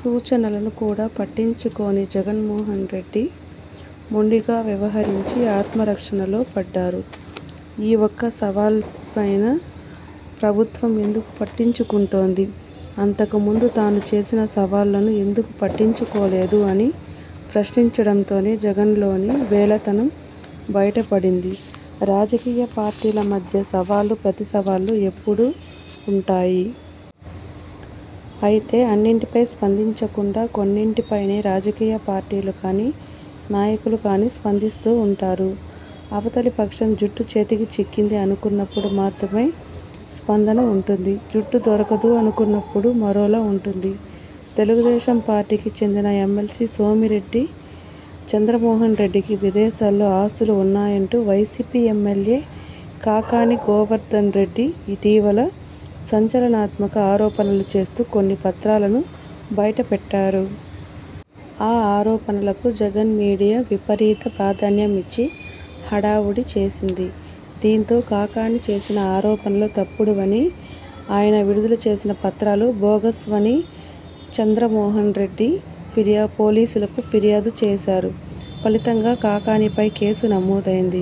సూచనలను కూడా పట్టించుకోని జగన్మోహన్రెడ్డి, మొండిగా వ్యవహరించి ఆత్మరక్షణలో పడ్డారు. ఈ ఒక్క సవాల్పైనే ప్రభుత్వం ఎందుకు పట్టించుకుంటోంది? అంతకు ముందు తాను చేసిన సవాళ్లను ఎందుకు పట్టించుకోలేదు? అని ప్రశ్నించడంతోనే జగన్లోని బేలతనం బయటపడింది. రాజకీయ పార్టీల మధ్య సవాళ్లు- ప్రతిసవాళ్లు ఎప్పుడూ ఉంటాయి. అయితే అన్నింటిపై స్పందించకుండా కొన్నింటిపైనే రాజకీయ పార్టీలు కానీ, నాయకులు కానీ స్పందిస్తూ ఉంటారు. అవతలి పక్షం జుట్టు చేతికి చిక్కింది అనుకున్నప్పుడు మాత్రమే స్పందన ఉంటుంది. జుట్టు దొరకదు అనుకున్నప్పుడు మరోలా ఉంటుంది. తెలుగుదేశం పార్టీకి చెందిన ఎమ్మెల్సీ సోమిరెడ్డి చంద్రమోహన్రెడ్డికి విదేశాల్లో ఆస్తులు ఉన్నాయంటూ వైసీపీ ఎమ్మెల్యే కాకాణి గోవర్దన్రెడ్డి ఇటీవల సంచలనాత్మక ఆరోపణలు చేస్తూ కొన్ని పత్రాలను బయటపెట్టారు. ఆ ఆరోపణలకు జగన్ మీడియా విపరీత ప్రాధాన్యం ఇచ్చి హడావుడి చేసింది. దీంతో కాకాణి చేసిన ఆరోపణలు తప్పుడువనీ, ఆయన విడుదల చేసిన పత్రాలు బోగస్వనీ చంద్రమోహన్రెడ్డి పోలీసులకు ఫిర్యాదు చేశారు. ఫలితంగా కాకాణిపై కేసు నమోదైంది.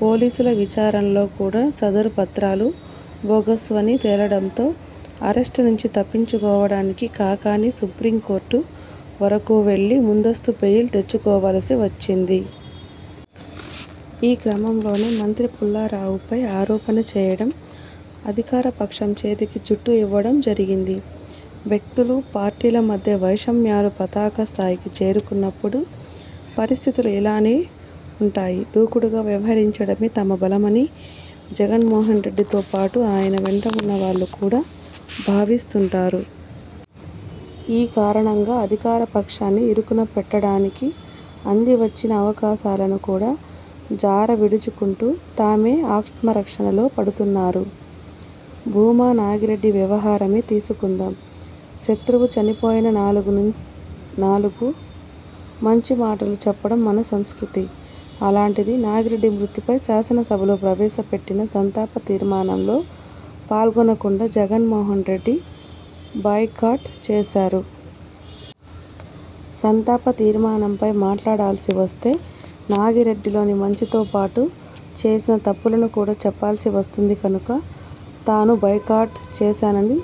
పోలీసుల విచారణలో కూడా సదరు పత్రాలు బోగస్వని తేలడంతో అరెస్ట్ నుంచి తప్పించుకోవడానికి కాకాణి సుప్రీంకోర్టు వరకు వెళ్లి ముందస్తు బెయిల్ తెచ్చుకోవలసి వచ్చింది. ఈ క్రమంలోనే మంత్రి పుల్లారావుపై ఆరోపణ చేయడం, అధికారపక్షం చేతికి జుట్టు ఇవ్వడం జరిగింది. వ్యక్తులు, పార్టీల మధ్య వైషమ్యాలు పతాక స్థాయికి చేరుకున్నప్పుడు పరిస్థితులు ఇలాగే ఉంటాయి. దూకుడుగా వ్యవహరించడమే తమ బలమని జగన్మోహన్రెడ్డితో పాటు ఆయన వెంట ఉన్న వాళ్లు కూడా భావిస్తుంటారు. ఈ కారణంగా అధికారపక్షాన్ని ఇరుకునపెట్టడానికి అందివచ్చిన అవకాశాలను కూడా జారవిడుచుకుంటూ, తామే ఆత్మరక్షణలో పడుతున్నారు. భూమా నాగిరెడ్డి వ్యవహారమే తీసుకుందాం. శత్రువు చనిపోయినా నాలుగు నాలుగు మంచి మాటలు చెప్పడం మన సంస్కృతి. అలాంటిది నాగిరెడ్డి మృతిపై శాసనసభలో ప్రవేశపెట్టిన సంతాప తీర్మానంలో పాల్గొనకుండా జగన్మోహన్రెడ్డి బాయ్కాట్ చేశారు. సంతాప తీర్మానంపై మాట్లాడాల్సి వస్తే నాగిరెడ్డిలోని మంచితోపాటు చేసిన తప్పులను కూడా చెప్పాల్సి వస్తుంది కనుక తాను బాయ్కాట్ చేశానని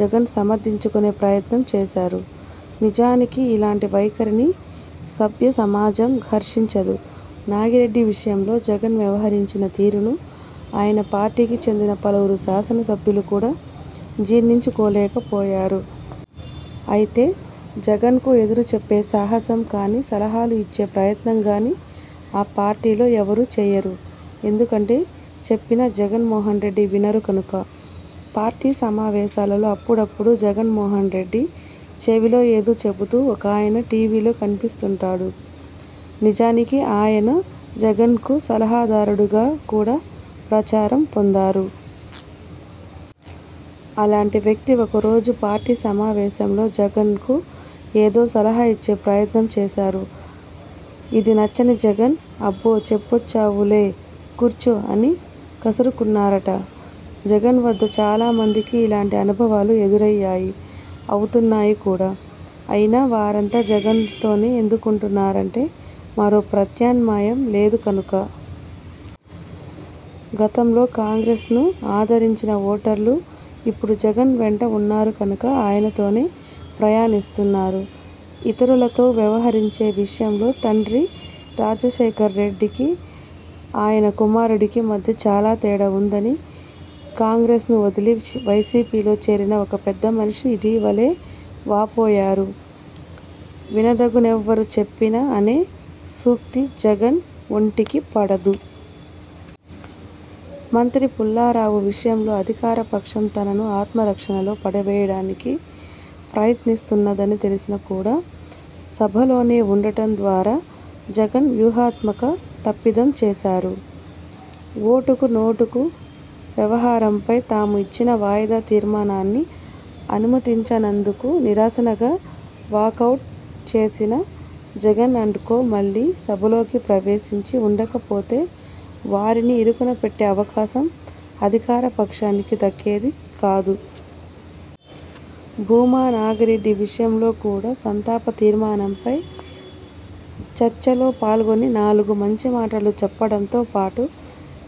జగన్ సమర్థించుకునే ప్రయత్నం చేశారు. నిజానికి ఇలాంటి వైఖరిని సభ్య సమాజం హర్షించదు. నాగిరెడ్డి విషయంలో జగన్ వ్యవహరించిన తీరును ఆయన పార్టీకి చెందిన పలువురు శాసనసభ్యులు కూడా జీర్ణించుకోలేకపోయారు. అయితే జగన్కు ఎదురు చెప్పే సాహసం కానీ, సలహాలు ఇచ్చే ప్రయత్నం గానీ ఆ పార్టీలో ఎవరూ చేయరు. ఎందుకంటే చెప్పినా జగన్మోహన్రెడ్డి వినరు కనుక! పార్టీ సమావేశాలలో అప్పుడప్పుడు జగన్మోహన్రెడ్డి చెవిలో ఏదో చెబుతూ ఒకాయన టీవీలో కనిపిస్తుంటారు. నిజానికి ఆయన జగన్కు సలహాదారుడుగా కూడా ప్రచారం పొందారు. అలాంటి వ్యక్తి ఒక రోజు పార్టీ సమావేశంలో జగన్కు ఏదో సలహా ఇచ్చే ప్రయత్నం చేశారు. ఇది నచ్చని జగన్ 'అబ్బో చెప్పొచ్చావులే- కూర్చో' అని కసురుకున్నారట! జగన్ వద్ద చాలా మందికి ఇలాంటి అనుభవాలు ఎదురయ్యాయి- అవుతున్నాయి కూడా! అయినా వారంతా జగన్తోనే ఎందుకుంటున్నారంటే మరో ప్రత్యామ్నాయం లేదు కనుక. గతంలో కాంగ్రెస్ను ఆదరించిన ఓటర్లు ఇప్పుడు జగన్ వెంట ఉన్నారు కనుక ఆయనతోనే ప్రయాణిస్తున్నారు. ఇతరులతో వ్యవహరించే విషయంలో తండ్రి రాజశేఖర్రెడ్డికి, ఆయన కుమారుడికి మధ్య చాలా తేడా ఉందని కాంగ్రెస్ను వదిలి వైసీపీలో చేరిన ఒక పెద్దమనిషి ఇటీవలే వాపోయారు. వినదగునెవ్వరు చెప్పిన అనే సూక్తి జగన్ ఒంటికి పడదు. మంత్రి పుల్లారావు విషయంలో అధికారపక్షం తనను ఆత్మరక్షణలో పడవేయడానికి ప్రయత్నిస్తున్నదని తెలిసి కూడా సభలోనే ఉండటం ద్వారా జగన్ వ్యూహాత్మక తప్పిదం చేశారు. ఓటుకు నోటుకు వ్యవహారంపై తాము ఇచ్చిన వాయిదా తీర్మానాన్ని అనుమతించనందుకు నిరసనగా వాకౌట్ చేసిన జగన్ అండ్ కో మళ్లీ సభలోకి ప్రవేశించి ఉండకపోతే వారిని ఇరుకునపెట్టే అవకాశం అధికారపక్షానికి దక్కేది కాదు. భూమా నాగిరెడ్డి విషయంలో కూడా సంతాప తీర్మానంపై చర్చలో పాల్గొని నాలుగు మంచి మాటలు చెప్పడంతో పాటు,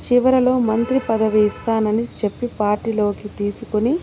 చివరలో మంత్రి పదవి ఇస్తానని చెప్పి పార్టీలోకి తీసుకుని